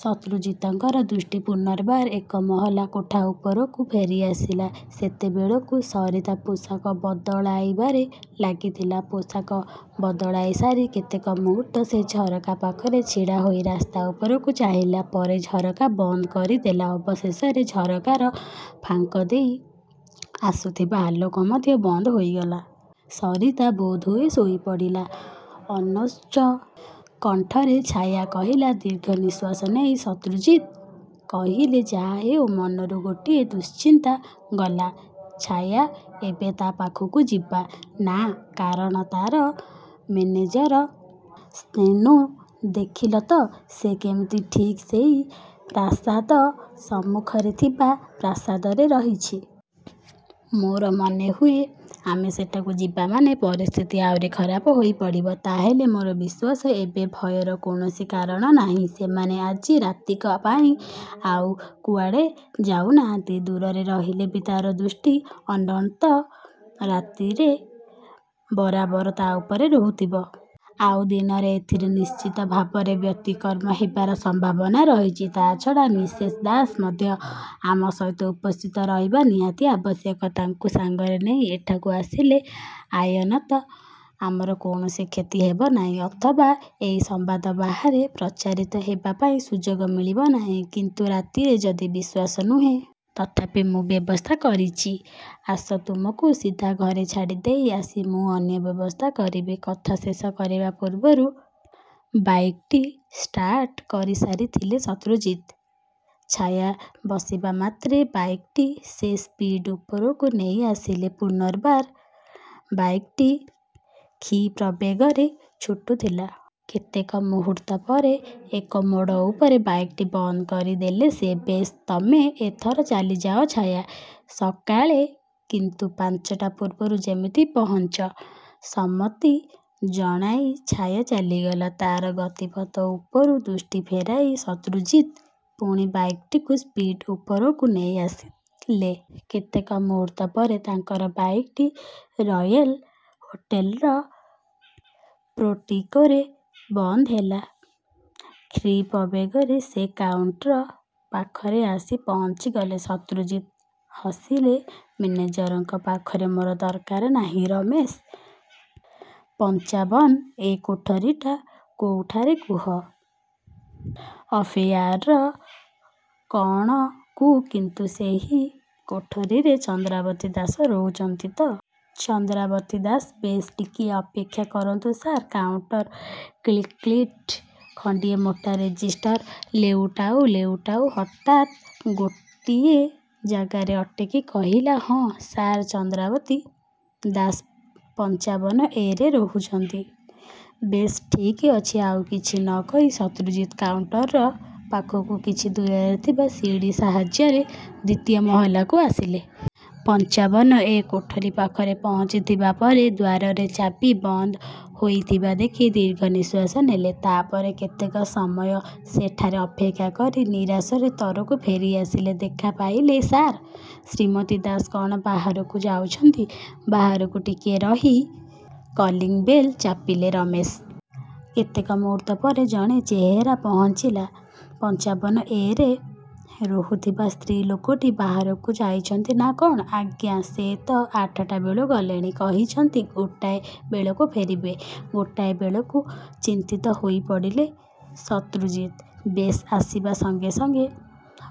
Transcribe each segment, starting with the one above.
ଶତ୍ରୁଜିତଙ୍କର ଦୃଷ୍ଟି ପୁନର୍ବାର ଏକମହଲା କୋଠା ଉପରକୁ ଫେରିଆସିଲା। ସେତେବେଳେକୁ ସରିତା ପୋଷାକ ବଦଳାଇବାରେ ଲାଗିଥିଲା। ପୋଷାକ ବଦଳାଇ ସାରି କେତେକ ମୁହୂର୍ତ୍ତ ସେ ଝରକା ପାଖରେ ଛିଡ଼ା ହୋଇ ରାସ୍ତା ଉପରକୁ ଚାହିଁଲା। ପରେ ଝରକା ବନ୍ଦ କରିଦେଲା। ଅବଶେଷରେ ଝରକାର ଫାଙ୍କ ଦେଇ ଆସୁଥିବା ଆଲୋକ ମଧ୍ୟ ବନ୍ଦ ହୋଇଗଲା। ସରିତା ବୋଧହୁଏ ଶୋଇପଡ଼ିଲା। ଅନୁଚ୍ଚ କଣ୍ଠରେ ଛାୟା କହିଲା। ଦୀର୍ଘନିଶ୍ୱାସ ନେଇ ଶତ୍ରୁଜିତ୍ କହିଲେ,"ଯାହାହେଉ ମନରୁ ଗୋଟିଏ ଦୁଶ୍ଚିନ୍ତା ଗଲା, ଛାୟା! ଏବେ ତା' ପାଖକୁ ଯିବା? ନା କାରଣ ତା'ର ମେନେଜର ସେନ୍କୁ ଦେଖିଲ ତ! ସେ କେମିତି ଠିକ୍ ସେଇ ପ୍ରାସାଦ ସମ୍ମୁଖରେ ଥିବା ପ୍ରାସାଦରେ ରହିଛି। ମୋର ମନେହୁଏ ଆମେ ସେଠାକୁ ଯିବା ମାନେ ପରିସ୍ଥିତି ଆହୁରି ଖରାପ ହୋଇପଡ଼ିବ। ତା'ହେଲେ ମୋର ବିଶ୍ୱାସ, ଏବେ ଭୟର କୌଣସି କାରଣ ନାହିଁ। ସେମାନେ ଆଜି ରାତିକ ପାଇଁ ଆଉ କୁଆଡ଼େ ଯାଉନାହାନ୍ତି। ଦୂରରେ ରହିଲେ ବି ତା'ର ଦୃଷ୍ଟି ଅନ୍ତତଃ ରାତିରେ ବରାବର ତା' ଉପରେ ରହୁଥିବ। ଆଉ ଦିନରେ ଏଥିରେ ନିଶ୍ଚିତ ଭାବରେ ବ୍ୟତିକ୍ରମ ହେବାର ସମ୍ଭାବନା ରହିଛି, ତା' ଛଡ଼ା ମିସେସ୍ ଦାସ ମଧ୍ୟ ଆମ ସହିତ ଉପସ୍ଥିତ ରହିବା ନିହାତି ଆବଶ୍ୟକ। ତାଙ୍କୁ ସାଙ୍ଗରେ ନେଇ ଏଠାକୁ ଆସିଲେ ଆଇନତଃ ଆମର କୌଣସି କ୍ଷତି ହେବ ନାହିଁ। ଅଥବା ଏଇ ସମ୍ୱାଦ ବାହାରେ ପ୍ରଚାରିତ ହେବା ପାଇଁ ସୁଯୋଗ ମିଳିବ ନାହିଁ କିନ୍ତୁ ରାତିରେ ଯଦି ବିଶ୍ୱାସ ନୁହେଁ। ତଥାପି ମୁଁ ବ୍ୟବସ୍ଥା କରିଚି। ଆସ, ତୁମକୁ ସିଧା ଘରେ ଛାଡ଼ିଦେଇ ଆସି ମୁଁ ଅନ୍ୟ ବ୍ୟବସ୍ଥା କରିବି। କଥା ଶେଷ କରିବା ପୂର୍ବରୁ ବାଇକ୍ଟି ଷ୍ଟାର୍ଟ କରିସାରିଥିଲେ ଶତ୍ରୁଜିତ୍। ଛାୟା ବସିବା ମାତ୍ରେ ବାଇକ୍ଟି ସେ ସ୍ପିଡ୍ ଉପରକୁ ନେଇଆସିଲେ। ପୂନର୍ବାର ବାଇକ୍ଟି କ୍ଷିପ୍ରବେଗରେ ଛୁଟୁଥିଲା। କେତେକ ମୁହୂର୍ତ୍ତପରେ ଏକ ମୋଡ଼ ଉପରେ ବାଇକ୍ଟି ବନ୍ଦ କରି ଦେଲେ ସେ। ବେଶ୍, ତମେ ଏଥର ଚାଲିଯାଅ, ଛାୟା! ସକାଳେ କିନ୍ତୁ ପାଞ୍ଚଟା ପୂର୍ବରୁ ଯେମିତି ପହଞ୍ଚ। ସମ୍ମତି ଜଣାଇ ଛାୟା ଚାଲିଗଲା। ତା'ର ଗତିପଥ ଉପରୁ ଦୃଷ୍ଟି ଫେରାଇ ଶତ୍ରୁଜିତ୍ ପୁଣି ବାଇକ୍ଟିକୁ ସ୍ପିଡ୍ ଉପରକୁ ନେଇଆସିଲେ। କେତେକ ମୁହୂର୍ତ୍ତପରେ ତାଙ୍କର ବାଇକ୍ଟି ରୟେଲ୍ ହୋଟେଲର ପୋର୍ଟିକୋରେ ବନ୍ଦ ହେଲା। କ୍ଷିପ୍ରବେଗରେ ସେ କାଉଣ୍ଟର ପାଖରେ ଆସି ପହଞ୍ଚିଗଲେ। ଶତ୍ରୁଜିତ୍ ହସିଲେ ମେନେଜରଙ୍କ ପାଖରେ ମୋର ଦରକାର ନାହିଁ, ରମେଶ, ପଂଚାବନ'ଏ' କୋଠରିଟା କୋଉଠାରେ କୁହ? ଅପ୍ଷ୍ଟେୟାରର କଣକୁ କିନ୍ତୁ ସେହି କୋଠରିରେ ଚନ୍ଦ୍ରାବତୀ ଦାସ ରହିଛନ୍ତି ତ? ଚନ୍ଦ୍ରାବତୀ ଦାସ ବେଶ୍, ଟିକିଏ ଅପେକ୍ଷା କରନ୍ତୁ ସାର୍! କାଉଣ୍ଟର କ୍ଲିକ୍ଲିଟଟି ଖଣ୍ତିଏ ମୋଟା ରେଜିଷ୍ଟର ଲେଉଟାଉ ଲେଉଟାଉ ହଠାତ୍ ଗୋଟିଏ ଜାଗାରେ ଅଟକି କହିଲା ହଁ, ସାର୍, ଚନ୍ଦ୍ରାବତୀ ଦାସ ପଂଚାବନ'ଏ' ରେ ରହୁଛନ୍ତି। ବେଶ୍, ଠିକ୍ଅଛି। ଆଉ କିଛି ନ କହି ଶତ୍ରୁଜିତ୍ କାଉଣ୍ଟର ପାଖରୁ କିଛି ଦୂରରେ ଥିବା ସିଡ଼ି ସାହାର୍ଯ୍ୟରେ ଦ୍ୱିତୀୟ ମହଲାକୁ ଆସିଲେ। ପଂଚାବନ 'ଏ' କୋଠରି ପାଖରେ ପହଞ୍ଚିବା ପରେ, ଦ୍ୱାରରେ ଚାବି ବନ୍ଦ ହେଇଥିବା ଦେଖି ଦୀର୍ଘ ନିଶ୍ୱାସ ନେଲେ। ତା ପରେ କେତେକ ସମୟ ସେଠାରେ ଅପେକ୍ଷା କରି ନିରାଶରେ ତଳକୁ ଫେରିଆସିଲେ। ଦେଖା ପାଇଲେ, ସାର୍? ଶ୍ରୀମତୀ ଦାସ କଣ ବାହାରକୁ ଯାଇଛନ୍ତି? ବାହାରକୁ ଟିକିଏ ରହି, କଲିଂବେଲ୍ ଚାପିଲେ ରମେଶ। କେତେକ ମୁହୂର୍ତ୍ତ ପରେ ଜଣେ ଚେହେରା ପହଞ୍ଚିଲା। ପଂଚାବନ'ଏ' ରେ ରହୁଥିବା ସ୍ତ୍ରୀ ଲୋକଟି ବାହାରକୁ ଯାଇଛନ୍ତି ନା କଣ? ' ଆଜ୍ଞା, ସେ ତ ଆଠଟା ବେଳୁ ଗଲେଣି। କହିଛନ୍ତି ଗୋଟାଏ ବେଳକୁ ଫେରିବେ। ଗୋଟାଏ ବେଳକୁ ଚିନ୍ତିତ ହୋଇପଡ଼ିଲେ ଶତ୍ରୁଜିତ୍। ବେଶ୍, ଆସିବା ସଙ୍ଗେ ସଙ୍ଗେ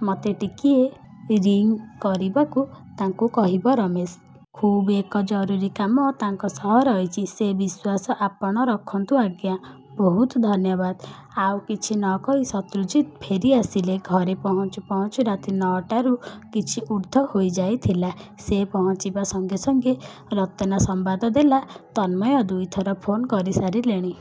ମୋତେ ଟିକିଏ ରିଂ କରିବାକୁ ତାଙ୍କୁ କହିବ, ରମେଶ! ଖୁବ୍ ଏକ ଜରୁରୀ କାମ ତାଙ୍କ ସହ ରହିଛି। ସେ ବିଶ୍ୱାସ ଆପଣ ରଖନ୍ତୁ, ଆଜ୍ଞା! ବହୁତ ଧନ୍ୟବାଦ। ଆଉ କିଛି ନ କହି ଶତ୍ରୁଜିତ୍ ଫେରିଆସିଲେ। ଘରେ ପହଞ୍ଚୁ ପହଞ୍ଚୁ ରାତି ନଅଟାରୁ କିଛି ଊର୍ଦ୍ଧ୍ୱ ହୋଇଯାଇଥିଲା। ସେ ପହଞ୍ଚିବା ସଙ୍ଗେ ସଙ୍ଗେ ରତନା ସମ୍ବାଦ ଦେଲା, ତନ୍ମୟ ଦୁଇଥର ଫୋନ୍ କରିସାରିଲେଣି।